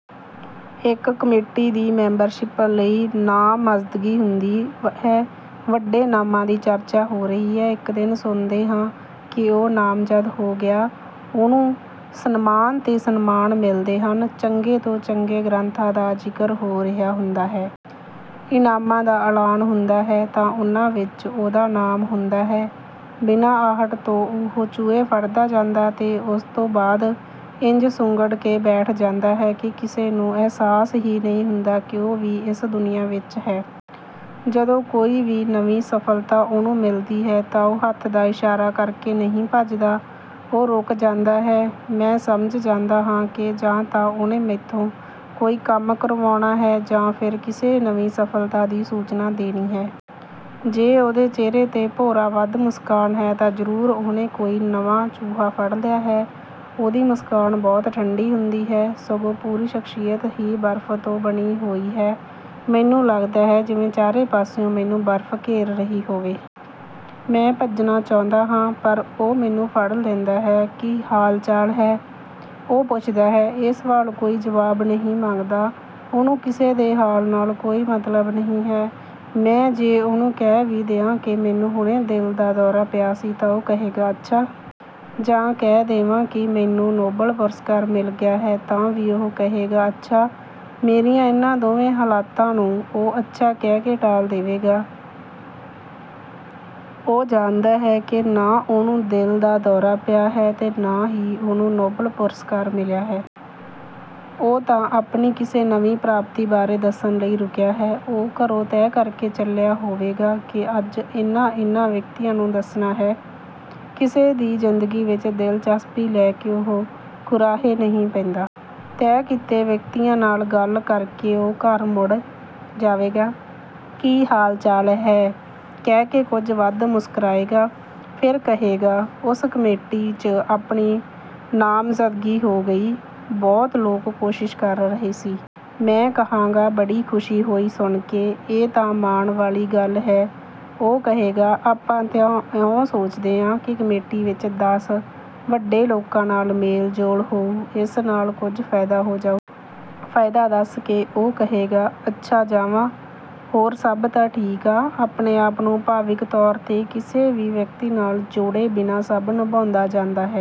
ਇੱਕ ਕਮੇਟੀ ਦੀ ਮੈਂਬਰਸ਼ਿਪ ਲਈ ਨਾਮਜ਼ਦਗੀ ਹੁੰਦੀ ਹੈ। ਵੱਡੇ ਨਾਮਾਂ ਦੀ ਚਰਚਾ ਹੋ ਰਹੀ ਹੈ। ਇੱਕ ਦਿਨ ਸੁਣਦੇ ਹਾਂ ਕਿ ਉਹ ਨਾਮਜ਼ਦ ਹੋ ਗਿਆ। ਉਹਨੂੰ ਸਨਮਾਨ 'ਤੇ ਸਨਮਾਨ ਮਿਲਦੇ ਹਨ। ਚੰਗੇ ਤੋਂ ਚੰਗੇ ਗ੍ਰੰਥਾਂ ਦਾ ਜ਼ਿਕਰ ਹੋ ਰਿਹਾ ਹੁੰਦਾ ਹੈ। ਇਨਾਮਾਂ ਦਾ ਐਲਾਨ ਹੁੰਦਾ ਹੈ ਤਾਂ ਉਹਨਾਂ ਵਿੱਚ ਉਹਦਾ ਨਾਮ ਹੁੰਦਾ ਹੈ। ਬਿਨਾਂ ਆਹਟ ਤੋਂ ਉਹ ਚੂਹੇ ਫੜਦਾ ਜਾਂਦਾ ਹੈ ਤੇ ਉਸਤੋਂ ਬਾਅਦ ਇੰਝ ਸੁੰਗੜ ਕੇ ਬੈਠ ਜਾਂਦਾ ਹੈ ਕਿ ਕਿਸੇ ਨੂੰ ਅਹਿਸਾਸ ਹੀ ਨਹੀਂ ਹੁੰਦਾ ਕਿ ਉਹ ਵੀ ਇਸ ਦੁਨੀਆਂ ਵਿੱਚ ਹੈ। ਜਦੋਂ ਕੋਈ ਨਵੀਂ ਸਫਲਤਾ ਉਹਨੂੰ ਮਿਲਦੀ ਹੈ ਤਾਂ ਉਹ ਹੱਥ ਦਾ ਇਸ਼ਾਰਾ ਕਰਕੇ ਨਹੀਂ ਭੱਜਦਾ। ਉਹ ਰੁਕ ਜਾਂਦਾ ਹੈ। ਮੈਂ ਸਮਝ ਜਾਂਦਾ ਹਾਂ ਕਿ ਜਾਂ ਤਾਂ ਉਹਨੇ ਮੈਥੋਂ ਕੋਈ ਕੰਮ ਕਰਵਾਉਣਾ ਹੈ ਜਾਂ ਫਿਰ ਕਿਸੇ ਨਵੀਂ ਸਫਲਤਾ ਦੀ ਸੂਚਨਾ ਦੇਣੀ ਹੈ। ਜੇ ਉਹਦੇ ਚਿਹਰੇ 'ਤੇ ਭੋਰਾ ਵੱਧ ਮੁਸਕਾਨ ਹੈ ਤਾਂ ਜ਼ਰੂਰ ਉਹਨੇ ਕੋਈ ਨਵਾਂ ਚੂਹਾ ਫੜ ਲਿਆ ਹੈ। ਉਹਦੀ ਮੁਸਕਾਨ ਬਹੁਤ ਠੰਢੀ ਹੁੰਦੀ ਹੈ। ਸਗੋਂ ਪੂਰੀ ਸ਼ਖਸੀਅਤ ਹੀ ਬਰਫ ਤੋਂ ਬਣੀ ਹੋਈ ਹੈ। ਮੈਨੂੰ ਲੱਗਦਾ ਹੈ ਜਿਵੇਂ ਚਾਰੇ ਪਾਸਿਓਂ ਮੈਨੂੰ ਬਰਫ ਘੇਰ ਰਹੀ ਹੋਵੇ। ਮੈਂ ਭੱਜਣਾ ਚਾਹੁੰਦਾ ਹਾਂ, ਪਰ ਉਹ ਮੈਨੂੰ ਫੜ ਲੈਂਦਾ ਹੈ। "ਕੀ ਹਾਲ-ਚਾਲ ਹੈ?" ਉਹ ਪੁੱਛਦਾ ਹੈ। ਇਹ ਸਵਾਲ ਕੋਈ ਜਵਾਬ ਨਹੀਂ ਮੰਗਦਾ। ਉਹਨੂੰ ਕਿਸੇ ਦੇ ਹਾਲ ਨਾਲ ਕੋਈ ਮਤਲਬ ਨਹੀਂ ਹੈ। ਮੈਂ ਜੇ ਉਹਨੂੰ ਕਹਿ ਵੀ ਦਿਆਂ ਕਿ ਮੈਨੂੰ ਹੁਣੇ ਦਿਲ ਦਾ ਦੌਰਾ ਪਿਆ ਸੀ, ਤਾਂ ਉਹ ਕਹੇਗਾ, "ਅੱਛਾ।" ਜਾਂ ਕਹਿ ਦੇਵਾਂ ਕਿ ਮੈਨੂੰ ਨੋਬਲ ਪੁਰਸਕਾਰ ਮਿਲ ਗਿਆ ਹੈ ਤਾਂ ਵੀ ਉਹ ਕਹੇਗਾ, "ਅੱਛਾ।" ਮੇਰੀਆਂ ਇਹਨਾਂ ਦੋਵੇਂ ਹਾਲਤਾਂ ਨੂੰ ਉਹ 'ਅੱਛਾ' ਕਹਿ ਕੇ ਟਾਲ ਦੇਵੇਗਾ। ਉਹ ਜਾਣਦਾ ਹੈ ਕਿ ਨਾ ਉਹਨੂੰ ਦਿਲ ਦਾ ਦੌਰਾ ਪਿਆ ਹੈ ਤੇ ਨਾ ਹੀ ਉਹਨੂੰ ਨੋਬਲ ਪੁਰਸਕਾਰ ਮਿਲਿਆ ਹੈ। ਉਹ ਤਾਂ ਆਪਣੀ ਕਿਸੇ ਨਵੀਂ ਪ੍ਰਾਪਤੀ ਬਾਰੇ ਦੱਸਣ ਲਈ ਰੁਕਿਆ ਹੈ। ਉਹ ਘਰੋਂ ਤੈਅ ਕਰਕੇ ਚੱਲਿਆ ਹੋਵੇਗਾ ਕਿ ਅੱਜ ਇਹਨਾਂ-ਇਹਨਾਂ ਵਿਅਕਤੀਆਂ ਨੂੰ ਦੱਸਣਾ ਹੈ। ਕਿਸੇ ਦੀ ਜ਼ਿੰਦਗੀ ਵਿੱਚ ਦਿਲਚਸਪੀ ਲੈ ਕੇ ਉਹ ਕੁਰਾਹੇ ਨਹੀਂ ਪੈਂਦਾ। ਤੈਅ ਕੀਤੇ ਵਿਅਕਤੀਆਂ ਨਾਲ ਗੱਲ ਕਰਕੇ ਉਹ ਘਰ ਮੁੜ ਜਾਵੇਗਾ। "ਕੀ ਹਾਲ-ਚਾਲ ਹੈ?" ਕਹਿ ਕੇ ਕੁਝ ਵੱਧ ਮੁਸਕਰਾਏਗਾ। ਫਿਰ ਕਹੇਗਾ, "ਉਸ ਕਮੇਟੀ 'ਚ ਆਪਣੀ ਨਾਮਜ਼ਦਗੀ ਹੋ ਗਈ। ਬਹੁਤ ਲੋਕ ਕੋਸ਼ਿਸ਼ ਕਰ ਰਹੇ ਸੀ।" ਮੈਂ ਕਹਾਂਗਾ, "ਬੜੀ ਖੁਸ਼ੀ ਹੋਈ ਸੁਣ ਕੇ। ਇਹ ਤਾਂ ਮਾਣ ਵਾਲੀ ਗੱਲ ਹੈ।" ਉਹ ਕਹੇਗਾ, "ਆਪਾਂ ਤਾਂ ਇਉਂ ਸੋਚਦੇ ਆਂ ਕਿ ਕਮੇਟੀ ਵਿੱਚ ਦਸ ਵੱਡੇ ਲੋਕਾਂ ਨਾਲ ਮੇਲ-ਜੋਲ ਹੋਊ। ਇਸ ਨਾਲ ਕੁਝ ਫਾਇਦਾ ਹੋ ਜਾਊ।" ਫਾਇਦਾ ਦੱਸ ਕੇ ਉਹ ਕਹੇਗਾ, "ਅੱਛਾ ਜਾਵਾਂ? ਹੋਰ ਸਭ ਤਾਂ ਠੀਕ ਆ?" ਆਪਣੇ ਆਪ ਨੂੰ ਭਾਵੁਕ ਤੌਰ 'ਤੇ ਕਿਸੇ ਵੀ ਵਿਅਕਤੀ ਨਾਲ ਜੋੜੇ ਬਿਨਾਂ ਸਭ ਨਿਭਾਉਂਦਾ ਜਾਂਦਾ ਹੈ।